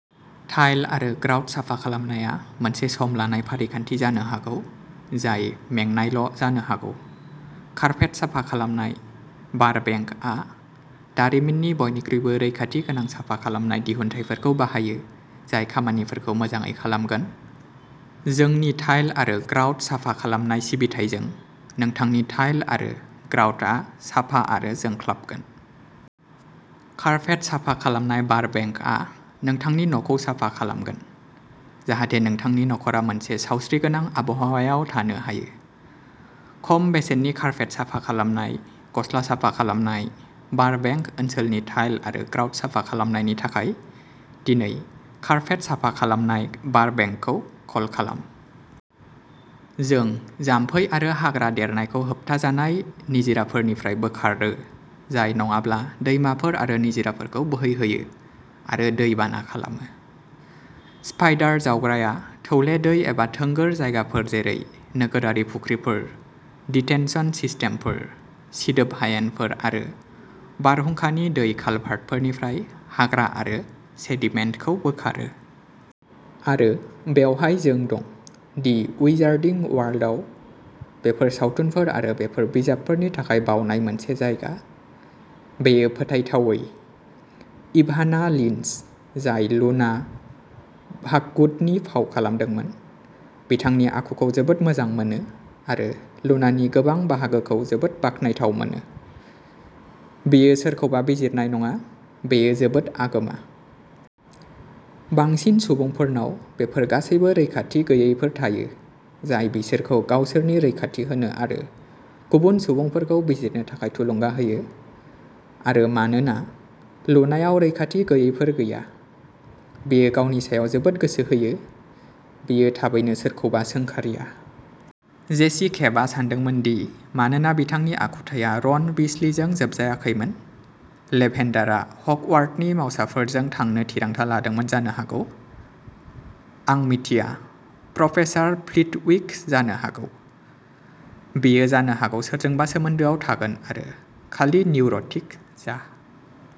Tile आरो grout साफा खालामनाया मोनसे सम लानाय फारिखान्थि जानो हागौ जाय मेंनायल'जानो हागौ। कारपेट साफा खालामनाय बारबेंकआ दारिमिननि बयनिख्रुइबो रैखाथि गोनां साफा खालामनाय दिहुनथायफोरखौ बाहायो जाय खामानिखौ मोजाङै खालामगोन। जोंनि टाइल आरो ग्राउट साफा खालामनाय सिबिथाइजों, नोंथांनि टाइल आरो ग्राउटआ साफा आरो जोंख्लाबगोन! कारपेट साफा खालामनाय बारबेंकआ नोंथांनि न'खौ साफा खालामगोन, जाहाथे नोंथांनि नखरा मोनसे सावस्रिगोनां आबहावायाव थानो हायो। खम बेसेननि कारपेट साफा खालामनाय, गस्ला साफा खालामनाय, बारबेंक ओनसोलनि टाइल आरो ग्राउट साफा खालामनायनि थाखाय, दिनै कारपेट साफा खालामनाय बारबेंकखौ कल खालाम! जों जामफै आरो हाग्रा देरनायखौ होबथाजानाय निजिराफोरनिफ्राय बोखारो जाय नङाब्ला दैमाफोर आरो निजिराफोरखौ बोहैहोयो आरो दै बाना खालामो। स्पाइडार जावग्राया थौले दै एबा थोंगोर जायगाफोर जेरै नोगोरारि फुख्रिफोर, दिटेनसन सिस्टेमफोर, सिदोब हायेनफोर आरो बारहुंखानि दै कालभार्टफोरनिफ्राय हाग्रा आरो सेडिमेन्टखौ बोखारो। आरो बेवहाय जों दं, दि विजार्डिं वर्ल्डआव, बेफोर सावथुनफोर आरो बेफोर बिजाबफोरनि थाखाय बावनाय मोनसे जायगा। बेयो फोथायथावै। "इभाना लिन्च, जाय लुना लाभगुडनि फाव खालामदोंमोन, बिथांनि आखुखौ जोबोद मोजां मोनो, आरो लुनानि गोबां बाहागोखौ जोबोद बाखनायथाव मोनोः" बियो सोरखौबा बिजिरनाय नङा, बेयो जोबोद आगोमा। बांसिन सुबुंफोरनाव बेफोर गासैबो रैखाथि गैयैफोर थायो जाय बिसोरखौ गावसोरनि रैखाथिखौ होनो आरो गुबुन सुबुंफोरखौ बिजिरनो थाखाय थुलुंगा होयो। आरो मानोना लुनायाव रैखाथि गैयैफोर गैया, बियो गावनि सायाव जोबोद गोसो होयो। बियो थाबैनो सोरखौबा सोंखारिया। "जेसि केव आ सानदोंमोन दि मानोना बिथांनि आखुथाया रन वीसलिजों जोबजायाखैमोन, लेभेन्डारा हगवार्टनि मावसाफोरजों थांनो थिरांथा लादोंमोन जानो हागौ-" आं मिथिया, प्रफेसार फ्लिटविक, जानो हागौ? बियो जानो हागौ सोरजोंबा सोमोन्दोआव थागोन आरो खालि निउर'टिक जा।